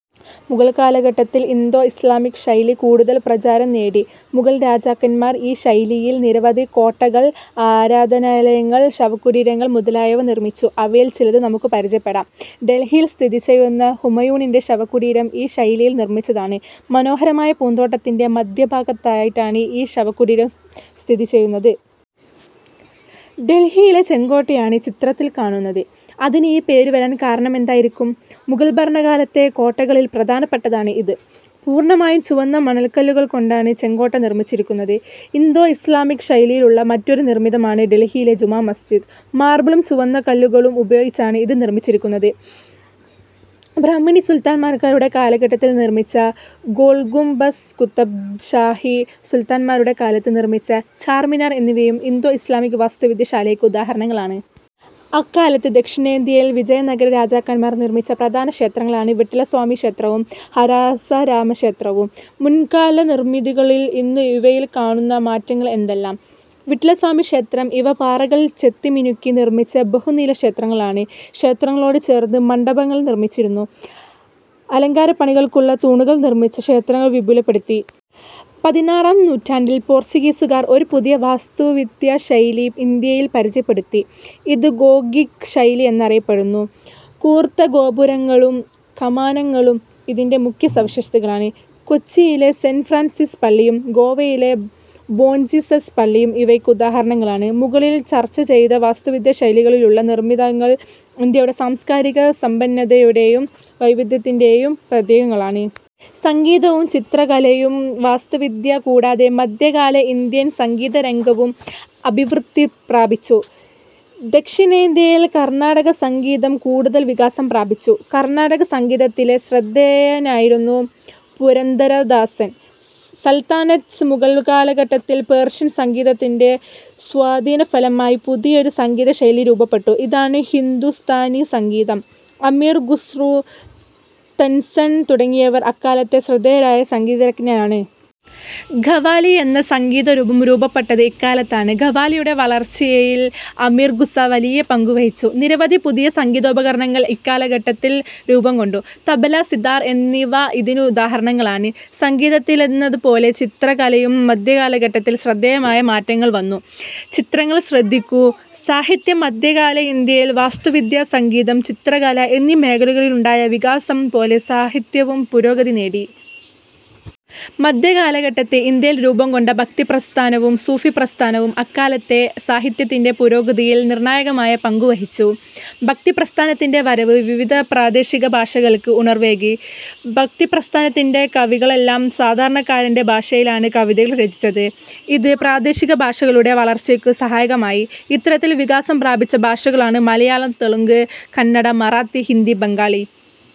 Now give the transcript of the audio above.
മുഗൾ കാലഘട്ടത്തിൽ ഇൻഡോ-ഇസ്ലാമിക് ശൈലി കൂടുതൽ പ്രചാരം നേടി. മുഗൾ രാജാക്കന്മാർ ഈ ശൈലിയിൽ നിരവധി കോട്ടകൾ, ആരാധനാലയങ്ങൾ, ശവകുടീരങ്ങൾ മുതലായവ നിർമിച്ചു. അവയിൽ ചിലത് നമുക്ക് പരിചയപ്പെടാം. ഡൽഹിയിൽ സ്ഥിതിചെയ്യുന്ന ഹുമയൂണിന്റെ ശവകുടീരം ഈ ശൈലിയിൽ നിർമിച്ചതാണ്. മനോഹരമായ പൂന്തോട്ടത്തിന്റെ മധ്യ ഭാഗത്തായിട്ടാണ് ഈ ശവകുടീരം സ്ഥിതി ചെയ്യുന്നത്. ഡൽഹിയിലെ ചെങ്കോട്ടയാണ് ചിത്രത്തിൽ കാണുന്നത്. അതിന് ഈ പേരു വരാൻ കാരണമെന്തായിരിക്കും? മുഗൾഭരണകാലത്തെ കോട്ടകളിൽ പ്രധാനപ്പെട്ടതാണ് ഇത്. പൂർണമായും ചുവന്ന മണൽക്കല്ലുകൾ കൊണ്ടാണ് ചെങ്കോട്ട നിർമിച്ചിരിക്കുന്നത്. ഇൻഡോ-ഇസ്ലാമിക് ശൈലിയിലുള്ള മറ്റൊരു നിർമിതമാണ് ഡൽഹിയിലെ ജുമാമസ്ജിദ്. മാർബിളും ചുവന്നകല്ലുകളും ഉപയോഗിച്ചാണ് ഇത് നിർമിച്ചിരിക്കുന്നത്. ബ്രഹ്മിനി സുൽത്താന്മാരുടെ കാലത്ത് നിർമിച്ച ഗോൾഗുംബസ് കുത്തബ് ഷാഹി സുൽത്താന്മാരുടെ കാലത്ത് നിർമിച്ച ചാർമിനാർ എന്നിവയും ഇൻഡോ ഇസ്ലാമിക് വാസ്തുവിദ്യശാലയ്ക്ക് ഉദാഹരണങ്ങളാണ്. അക്കാലത്ത് ദക്ഷിണേന്ത്യയിൽ വിജയനഗര രാജാക്കന്മാർ നിർമിച്ച പ്രധാന ക്ഷേത്രങ്ങളാണ് വിട്ടലസ്വാമിക്ഷേത്രവും ഹസാരരാമക്ഷേ ത്രവും. മുൻകാല നിർമിതികളിൽ നിന്നു ഇവയിൽ കാണുന്ന മാറ്റ ങ്ങൾ എന്തെല്ലാം? വിട്ടലസ്വാമിക്ഷേത്രം ഇവ പാറകൾ ചെത്തിമിനുക്കി നിർമിച്ച ബഹുനില ക്ഷേത്രങ്ങളാണ്. ക്ഷേത്രങ്ങളോടു ചേർന്ന് മണ്ഡപങ്ങൾ നിർമിച്ചിരുന്നു. അലങ്കാരപ്പണികളുള്ള തൂണുകൾ നിർമിച്ചു. ക്ഷേത്രങ്ങൾ വിപുലപ്പെടുത്തി. പതിനാറാം നൂറ്റാണ്ടിൽ പോർച്ചുഗീസുകാർ ഒരു പുതിയ വാസ്തുവിദ്യാശൈലി ഇന്ത്യയിൽ പരിചയപ്പെടുത്തി. ഇത് ഗോകിക് ശൈലി എന്നറിയപ്പെടുന്നു. കൂർത്ത ഗോപുരങ്ങളും കമാനങ്ങളും ഇതിന്റെ മുഖ്യ സവിശേഷതകളാണ്. കൊച്ചിയിലെ സെന്റ് ഫ്രാൻസിസ് പള്ളിയും ഗോവയിലെ ബോംജീസസ് പള്ളിയും ഇവയ്ക്ക് ഉദാഹരണങ്ങളാണ്. മുകളിൽ ചർച്ച ചെയ്ത വാസ്തുവിദ്യാശൈലികളിലുള്ള നിർമിതങൾ ഇന്ത്യയുടെ സാംസ്കാരിക സമ്പന്നതയുടെയും വൈവിധ്യത്തിന്റെയും പ്രതീകങ്ങളാണ്. സംഗീതവും ചിത്രകലയും വാസ്തുവിദ്യ കൂടാതെ മധ്യകാല ഇന്ത്യൻ സംഗീതരംഗവും അഭിവൃദ്ധി പ്രാപിച്ചു. ദക്ഷിണേന്ത്യയിൽ കർണാടകസംഗീതം കൂടുതൽ വികാസം പ്രാപിച്ചു. കർണാടകസംഗീതത്തിലെ ശ്രദ്ധേയനായിരുന്നു പുരന്ദരദാസൻ. സൽത്തനത്ത് മുഗൾ കാലഘട്ടത്തിൽ പേർഷ്യൻ സംഗീതത്തിന്റെ സ്വാധീനഫലമായി പുതിയൊരു സംഗീതശൈലി രൂപപ്പെട്ടു. ഇതാണ് ഹിന്ദുസ്ഥാനിസംഗീതം. അമിർ ഖുസ്രു, തൻസൻ തുടങ്ങിയവർ അക്കാലത്തെ ശ്രദ്ധേയരായ സംഗീതജ്ഞരാണ്. ഖവ്വാലി എന്ന സംഗീതരൂപം രൂപപ്പെട്ടത് ഇക്കാലത്താണ്. ഖവ്വാലിയുടെ വളർച്ചയയിൽ അമീർ ഖുസ വലിയ പങ്കുവഹിച്ചു. നിരവധി പുതിയ സംഗീതോപകരണങ്ങൾ ഇക്കാലഘട്ടത്തിൽ രൂപംകൊണ്ടു. തബല, സിതാർ എന്നിവ ഇതിനു ദാഹരണങ്ങളാണ്. സംഗീതത്തിലെന്നത്പോലെ ചിത്ര കലയും മധ്യകാലഘട്ടത്തിൽ ശ്രദ്ധേയമായ മാറ്റങ്ങൾ വന്നു. ചിത്രങ്ങൾ ശ്രദ്ധിക്കൂ... സാഹിത്യം മധ്യകാല ഇന്ത്യയിൽ വാസ്തു വിദ്യ, സംഗീതം, ചിത്രകല എന്നീ മേഖലകളിലുണ്ടായ വികാസം പോലെ സാഹിത്യവും പുരോഗതി നേടി. മധ്യകാലഘട്ടത്ത് ഇന്ത്യയിൽ രൂപം കൊണ്ട ഭക്തിപ്രസ്ഥാനവും സൂഫി പ്രസ്ഥാനവും അക്കാലത്തെ സാഹിത്യത്തിന്റെ പുരോഗതിയിൽ നിർണായകമായ പങ്കു വഹിച്ചു. ഭക്തിപ്രസ്ഥാനത്തിന്റെ വരവ് വിവിധ പ്രാദേശികഭാഷകൾക്ക് ഉണർവേകി. ഭക്തിപ്രസ്ഥാനത്തിലെ കവികളെല്ലാം സാധാരണക്കാരന്റെ ഭാഷയിലാണ് കവിതകൾ രചിച്ചത്. ഇത് പ്രാദേശികഭാഷകളുടെ വളർച്ചയ്ക്ക് സഹായകമായി. ഇത്തരത്തിൽ വികാസം പ്രാപിച്ച ഭാഷകളാണ് മലയാളം, തെളുങ്ക്, കന്നഡ, മറാത്തി, ഹിന്ദി, ബംഗാളി.